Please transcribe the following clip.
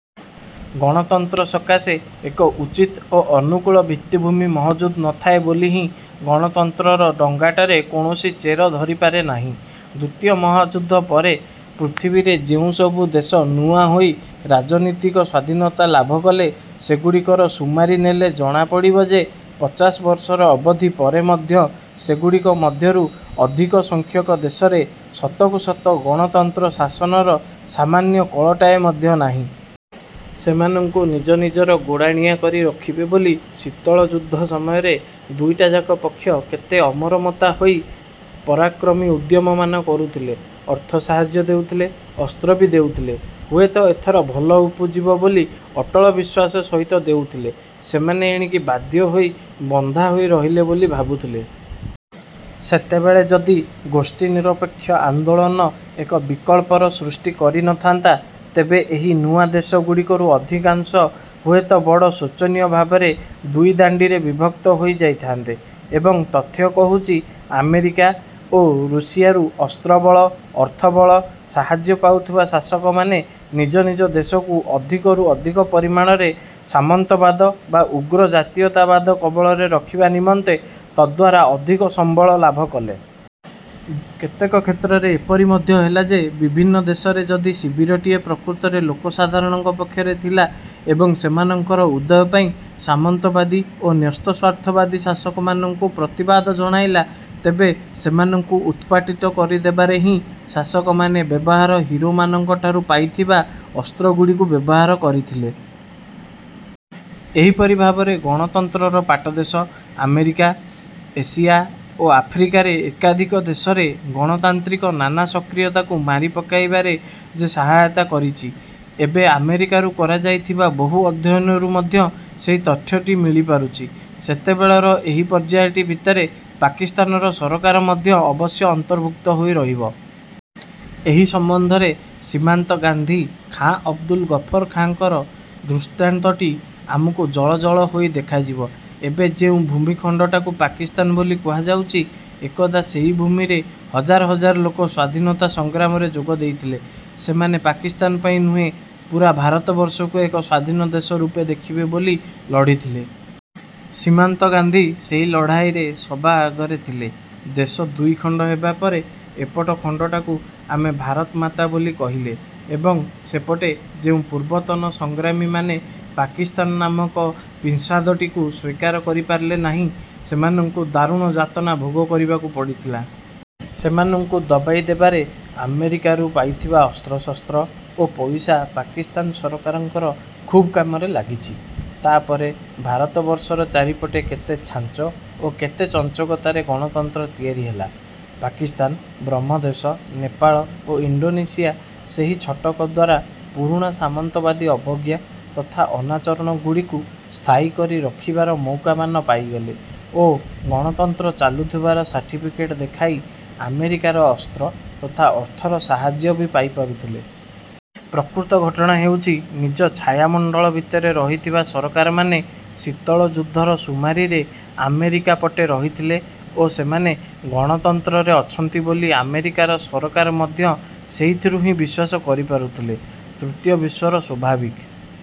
ଗଣତନ୍ତ୍ର ସକାଶେ ଏକ ଉଚିତ ଓ ଅନୁକୂଳ ଭିତ୍ତିଭୂମି ମହଜୁଦ ନଥାଏ ବୋଲି ହିଁ ଗଣତନ୍ତ୍ରର ଡ଼ଙ୍ଗାଟାରେ କୌଣସି ଚେର ଧରିପାରେ ନାହିଁ। ଦ୍ଵିତୀୟ ମହାଯୁଦ୍ଧ ପରେ ପୃଥିବୀରେ ଯେଉଁସବୁ ଦେଶ ନୂଆଁ ହୋଇ ରାଜନୀତିକ ସ୍ଵାଧୀନତା ଲାଭ କଲେ ସେଗୁଡ଼ିକର ସୁମାରି ନେଲେ ଜଣାପଡ଼ିବ ଯେ, ପଚାଶ ବର୍ଷର ଅବଧି ପରେ ମଧ୍ୟ ସେଗୁଡ଼ିକ ମଧ୍ୟରୁ ଅଧିକସଂଖ୍ୟକ ଦେଶରେ ସତକୁ ସତ ଗଣତନ୍ତ୍ର ଶାସନର ସାମାନ୍ୟ କଳଟାଏ ମଧ୍ୟ ନାହିଁ। ସେମାନଙ୍କୁ ନିଜ ନିଜର ଗୋଡ଼ାଣିଆ କରି ରଖିବେ ବୋଲି ଶୀତଳଯୁଦ୍ଧ ସମୟରେ ଦୁଇଟାଯାକ ପକ୍ଷ କେତେ ଅମରମତା ହୋଇ ପରାକ୍ରମୀ ଉଦ୍ୟମମାନ କରୁଥିଲେ ଅର୍ଥ ସାହାଯ୍ୟ ଦେଉଥଲେ, ଅସ୍ତ୍ର ବି ଦେଉଥିଲେ। ହୁଏତ ଏଥର ଭଲ ଉପୁଜିବ ବୋଲି ଅଟଳ ବିଶ୍ୱାସ ସହିତ ଦେଉଥିଲେ। ସେମାନେ ଏଣିକି ବାଧ୍ୟ ହୋଇ ବନ୍ଧା ହୋଇରହିଲେ ବୋଲି ଭାବୁଥିଲେ। ସେତେବେଳେ ଯଦି ଗୋଷ୍ଠୀନିରପେକ୍ଷ ଆନ୍ଦୋଳନ ଏକ ବିକଳ୍ପର ସୃଷ୍ଟି କରିନଥାନ୍ତା ତେବେ ଏହି ନୂଆ ଦେଶଗୁଡ଼ିକରୁ ଅଧିକାଂଶ ହୁଏତ ବଡ଼ ଶୋଚନୀୟ ଭାବରେ ଦୁଇ ଦାଣ୍ଡିରେ ବିଭକ୍ତ ହୋଇ ଯାଇଥାନ୍ତେ। ଏବଂ ତଥ୍ୟ କହୁଛି ଆମେରିକା ଓ ରୁଷିଆରୁ ଅସ୍ତ୍ରବଳ ଓ ଅର୍ଥବଳ ସାହାଯ୍ୟ ପାଉଥିବା ଶାସକମାନେ ନିଜ ନିଜ ଦେଶକୁ ଅଧିକରୁ ଅଧିକ ପରିମାଣରେ ସାମନ୍ତବାଦ ବା ଉଗ୍ର ଜାତୀୟତାବାଦର କବଳରେ ରଖିବା ନିମନ୍ତେ ତଦ୍ୱାରା ଅଧିକ ସମ୍ବଳ ଲାଭ କଲେ। କେତେକ କ୍ଷେତ୍ରରେ ଏପରି ମଧ୍ୟ ହେଲା ଯେ ବିଭିନ୍ନ ଦେଶରେ ଯଦି ଶିବିରଟିଏ ପ୍ରକୃତରେ ଲୋକସାଧାରଣଙ୍କର ପକ୍ଷରେ ଥିଲା ଏବଂ ସେମାନଙ୍କର ଉଦୟ ପାଇଁ ସାମନ୍ତବାଦୀ ଓ ନ୍ୟସ୍ତସ୍ୱାର୍ଥବାଦୀ ଶାସକମାନଙ୍କୁ ପ୍ରତିବାଦ ଜଣାଇଲା, ତେବେ ସେମାନଙ୍କୁ ଉତ୍ପାଟିତ କରିଦେବାରେ ହିଁ ଶାସକମାନେ ବ୍ୟବହାର ହିରୋମାନଙ୍କଠାରୁ ପାଇଥିବା ଅସ୍ତ୍ରଗୁଡ଼ିକୁ ବ୍ୟବହାର କରିଥିଲେ। ଏହିପରି ଭାବରେ ଗଣତନ୍ତ୍ରର ପାଟଦେଶ ଆମେରିକା, ଏସିଆ ଓ ଆଫ୍ରିକାରେ ଏକାଧିକ ଦେଶରେ ଗଣତାନ୍ତ୍ରିକ ନାନା ସକ୍ରିୟତାକୁ ମାରି ପକାଇବାରେ ଯେ ସହାୟତା କରିଛି, ଏବେ ଆମରିକାରୁ କରାଯାଇଥିବା ବହୁ ଅଧ୍ୟୟନରୁ ମଧ୍ୟ ସେହି ତଥ୍ୟଟି ମିଳିପାରୁଛି। ସେତେବେଳର ଏହି ପର୍ଯ୍ୟାୟଟି ଭିତରେ ପାକିସ୍ତାନର ସରକାର ମଧ୍ୟ ଅବଶ୍ୟ ଅନ୍ତର୍ଭୁକ୍ତ ହୋଇ ରହିବ। ଏହି ସମ୍ବନ୍ଧରେ ସୀମାନ୍ତ ଗାନ୍ଧୀ ଖାଁ ଅବ୍ଦୁଲ ଗଫର ଖାଁଙ୍କର ଦୃଷ୍ଟାନ୍ତଟି ଆମକୁ ଜଳଜଳ ହୋଇ ଦେଖାଯିବ। ଏବେ ଯେଉଁ ଭୂମିଖଣ୍ଡଟାକୁ ପାକିସ୍ତାନ ବୋଲି କୁହାଯାଉଛି, ଏକଦା ସେହି ଭୂମିରେ ହଜାର ହଜାର ଲୋକ ସ୍ୱାଧୀନତା ସଂଗ୍ରାମରେ ଯୋଗ ଦେଇଥିଲେ। ସେମାନେ ପାକିସ୍ତାନ ପାଇଁ ନୁହେଁ ପୂରା ଭାରତବର୍ଷକୁ ଏକ ସ୍ଵାଧୀନ ଦେଶ ରୂପେ ଦେଖିବେ ବୋଲି ଲଢ଼ିଥିଲେ। ସୀମାନ୍ତ ଗାନ୍ଧୀ ସେହି ଲଢ଼ାଇରେ ସବା ଆଗରେ ଥିଲେ। ଦେଶ ଦୁଇଖଣ୍ଡ ହେବାପରେ ଏପଟ ଖଣ୍ଡଟାକୁ ଆମେ ଭାରତମାତା ବୋଲି କହିଲେ ଏବଂ ସେପଟେ ଯେଉଁ ପୂର୍ବତନ ସଂଗ୍ରାମୀମାନେ ପାକିସ୍ତାନ ନାମକ ପିଂସାଦଟିକୁ ସ୍ୱୀକାର କରିପାରିଲେ ନାହିଁ, ସେମାନଙ୍କୁ ଦାରୁଣ ଯାତନା ଭୋଗ କରିବାକୁ ପଡ଼ିଥିଲା। ସେମାନଙ୍କୁ ଦବାଇ ଦେବାରେ ଆମେରିକାରୁ ପାଇଥିବା ଅସ୍ତ୍ରଶସ୍ତ୍ର ଓ ପଇସା ପାକିସ୍ତାନ ସରକାରଙ୍କର ଖୁବ୍ କାମରେ ଲାଗିଛି। ତା'ପରେ ଭାରତବର୍ଷର ଚାରିପଟେ କେତେ ଛାଞ୍ଚ ଓ କେତେ ଚଞ୍ଚକତାରେ ଗଣତନ୍ତ୍ର ତିଆରି ହେଲା। ପାକିସ୍ତାନ ବ୍ରହ୍ମଦେଶ, ନେପାଳ ଓ ଇଣ୍ଡୋନେସିଆ ସେହି ଛଟକ ଦ୍ଵାରା ପୁରୁଣା ସାମନ୍ତବାଦୀ ଅବଜ୍ଞା ତଥା ଅନାଚରଣ ଗୁଡ଼ିକୁ ସ୍ଥାୟୀକରି ରଖିବାର ମଉକାମାନ ପାଇଗଲେ ଓ ଗଣତନ୍ତ୍ର ଚାଲୁଥିବାର ସାର୍ଟିଫିକେଟ ଦେଖାଇ ଆମେରିକାର ଅସ୍ତ୍ର ତଥା ଅର୍ଥର ସାହାଯ୍ୟ ବି ପାଇପାରୁଥିଲେ। ପ୍ରକୃତ ଘଟଣା ହେଉଛି, ନିଜ ଛାୟାମଣ୍ଡଳ ଭିତରେ ରହିଥିବା ସରକାରମାନେ ଶୀତଳ ଯୁଦ୍ଧର ସୁମାରିରେ ଆମେରିକା ପଟେ ରହିଥିଲେ ଓ ସେମାନେ ଗଣତନ୍ତ୍ରରେ ଅଛନ୍ତି ବୋଲି ଆମେରିକାର ସରକାର ମଧ୍ୟ ସେଇଥିରୁ ହିଁ ବିଶ୍ୱାସ କରିପାରୁଥିଲେ। ତୃତୀୟ ବିଶ୍ଵର ସ୍ୱାଭାବିକ ।